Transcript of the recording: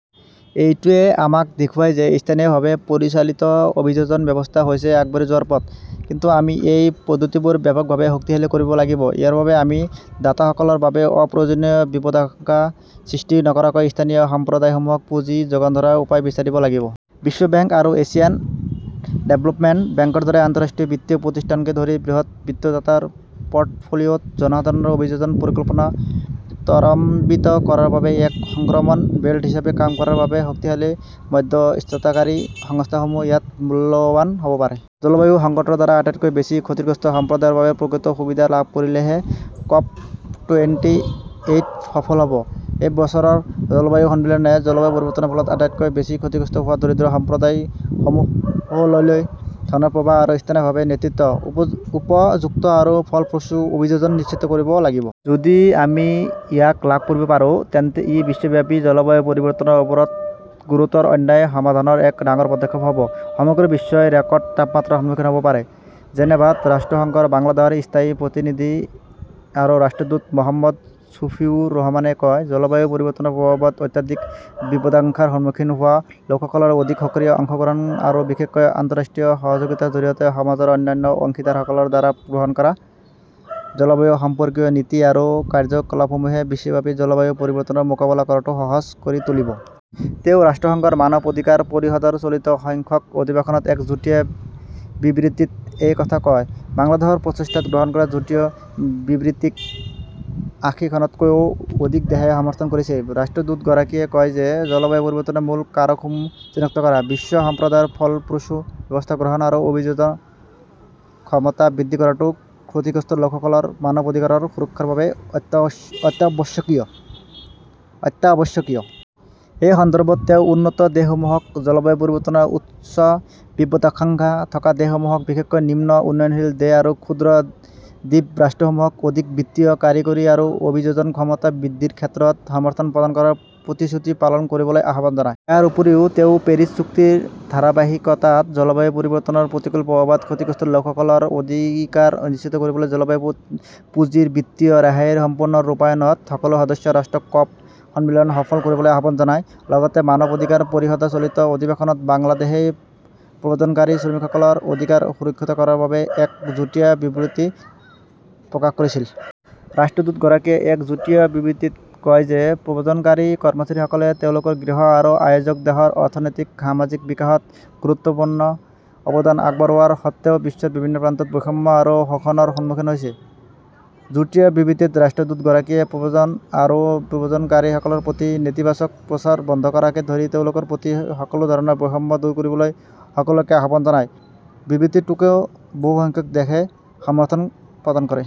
এইটোৱে আমাক দেখুৱায় যে স্থানীয়ভাৱে পৰিচালিত অভিযোজন ব্যৱস্থা হৈছে আগবাঢ়ি যোৱাৰ পথ। কিন্তু আমি এই পদ্ধতিবোৰ ব্যাপকভাৱে শক্তিশালী কৰিব লাগিব। ইয়াৰ বাবে আমি দাতাসকলৰ বাবে অপ্ৰয়োজনীয় বিপদাশংকা সৃষ্টি নকৰাকৈ স্থানীয় সম্প্ৰদায়সমূহক পুঁজি যোগান ধৰাৰ উপায় বিচাৰিব লাগিব। বিশ্ব বেংক আৰু এছিয়ান ডেভেলপমেণ্ট বেংকৰ দৰে আন্তঃৰাষ্ট্ৰীয় বিত্তীয় প্ৰতিষ্ঠানকে ধৰি বৃহৎ বিত্তদাতাৰ পৰ্টফোলিঅ'ত জনসাধাৰণৰ অভিযোজন পৰিকল্পনা ত্বৰান্বিত কৰাৰ বাবে এক সংক্ৰমণ বেল্ট হিচাপে কাম কৰাৰ বাবে শক্তিশালী মধ্যস্থতাকাৰী সংস্থাসমূহ ইয়াত মূল্যৱান হ'ব পাৰে। জলবায়ু সংকটৰ দ্বাৰা আটাইতকৈ বেছি ক্ষতিগ্ৰস্ত সম্প্ৰদায়ৰ বাবে প্ৰকৃত সুবিধা লাভ কৰিলেহে ক'প টুৱেন্টি এইট সফল হ'ব। এই বছৰৰ জলবায়ু সন্মিলনে জলবায়ু পৰিৱৰ্তনৰ ফলত আটাইতকৈ বেছি ক্ষতিগ্ৰস্ত হোৱা দৰিদ্ৰ সম্প্ৰদায় সমূহলৈলৈ ধনৰ প্ৰবাহ আৰু স্থানীয়ভাৱে নেতৃত্ব, উপযুক্ত আৰু ফলপ্ৰসূ অভিযোজন নিশ্চিত কৰিব লাগিব। যদি আমি ইয়াক লাভ কৰিব পাৰোঁ, তেন্তে ই বিশ্বব্যাপী জলবায়ু পৰিৱৰ্তনৰ ওপৰত গুৰুতৰ অন্যায় সমাধানৰ এক ডাঙৰ পদক্ষেপ হ'ব। সমগ্ৰ বিশ্বই ৰেকৰ্ড তাপমাত্ৰাৰ সন্মুখীন হ'ব পাৰে। জেনেভাত ৰাষ্ট্ৰসংঘত বাংলাদেশৰ স্থায়ী প্ৰতিনিধি আৰু ৰাষ্ট্ৰদূত মোহাম্মদ সুফিউৰ ৰহমানে কয়, জলবায়ু পৰিৱৰ্তনৰ প্ৰভাৱত অত্যাধিক বিপদাশংকাৰ সন্মুখীন হোৱা লোকসকলৰ অধিক সক্ৰিয় অংশগ্ৰহণ আৰু বিশেষকৈ আন্তঃৰাষ্ট্ৰীয় সহযোগিতাৰ জৰিয়তে সমাজৰ অন্যান্য অংশীদাৰসকলৰ দ্বাৰা গ্ৰহণ কৰা জলবায়ু সম্পৰ্কীয় নীতি আৰু কাৰ্যকলাপসমূহে বিশ্বব্যাপী জলবায়ু পৰিৱৰ্তনৰ মোকাবিলা কৰাটো সহজ কৰি তুলিব। তেওঁ ৰাষ্ট্ৰসংঘৰ মানৱ অধিকাৰ পৰিষদৰ চলিত সংখ্যক অধিৱেশনত এক যুটীয়া বিবৃতিত এই কথা কয়। বাংলাদেশৰ প্ৰচেষ্টাত গ্ৰহণ কৰা যুটীয়া বিবৃতিক আঁশীখনতকৈও অধিক দেশে সমৰ্থন কৰিছে। ৰাষ্ট্ৰদূতগৰাকীয়ে কয় যে, জলবায়ু পৰিৱৰ্তনৰ মূল কাৰকসমূহ চিনাক্ত কৰা, বিশ্ব সম্প্ৰদায়ৰ ফলপ্ৰসূ ব্যৱস্থা গ্ৰহণ আৰু অভিযোজন ক্ষমতা বৃদ্ধি কৰাটো ক্ষতিগ্ৰস্ত লোকসকলৰ মানৱ অধিকাৰৰ সুৰক্ষাৰ বাবে অত্যাৱশ্যকীয়। এই সন্দৰ্ভত তেওঁ উন্নত দেশসমূহক জলবায়ু পৰিৱৰ্তনৰ উচ্চ বিপদাশংকা থকা দেশসমূহক বিশেষকৈ নিম্ন উন্নয়নশীল দেশ আৰু ক্ষুদ্ৰ দ্বীপ ৰাষ্ট্ৰসমূহক অধিক বিত্তীয়, কাৰিকৰী আৰু অভিযোজন ক্ষমতা বৃদ্ধিৰ ক্ষেত্ৰত সমৰ্থন প্ৰদান কৰাৰ প্ৰতিশ্ৰুতি পালন কৰিবলৈ আহ্বান জনায়। ইয়াৰ উপৰিও তেওঁ পেৰিছ চুক্তিৰ ধাৰাবাহিকতাত জলবায়ু পৰিৱৰ্তনৰ প্ৰতিকূল প্ৰভাৱত ক্ষতিগ্ৰস্ত লোকসকলৰ অধিকাৰ নিশ্চিত কৰিবলৈ জলবায়ু পুঁজিৰ বিত্তীয় ৰেহাইৰ সম্পূৰ্ণ ৰূপায়ণত সকলো সদস্য ৰাষ্ট্ৰক ক'প সন্মিলন সফল কৰিবলৈ আহ্বান জনায়। লগতে মানৱ অধিকাৰ পৰিষদৰ চলিত অধিৱেশনত বাংলাদেশই প্ৰব্ৰজনকাৰী শ্ৰমিকসকলৰ অধিকাৰ সুৰক্ষিত কৰাৰ বাবে এক যুটীয়া বিবৃতি প্ৰকাশ কৰিছিল। ৰাষ্ট্ৰদূতগৰাকীয়ে এক যুটীয়া বিবৃতিত কয় যে প্ৰব্ৰজনকাৰী কৰ্মচাৰীসকলে তেওঁলোকৰ গৃহ আৰু আয়োজক দেশৰ অৰ্থনৈতিক-সামাজিক বিকাশত গুৰুত্বপূৰ্ণ অৱদান আগবঢ়োৱাৰ সত্ত্বেও বিশ্বৰ বিভিন্ন প্ৰান্তত বৈষম্য আৰু শোষণৰ সন্মুখীন হৈছে। যুটীয়া বিবৃতিত ৰাষ্ট্ৰদূতগৰাকীয়ে প্ৰব্ৰজন আৰু প্ৰব্ৰজনকাৰীসকলৰ প্ৰতি নেতিবাচক প্ৰচাৰ বন্ধ কৰাকে ধৰি তেওঁলোকৰ প্ৰতি সকলো ধৰণৰ বৈষম্য দূৰ কৰিবলৈ সকলোকে আহ্বান জনায়। বিবৃতিটোকো বহুসংখ্যক দেশে সমৰ্থন প্ৰদান কৰে।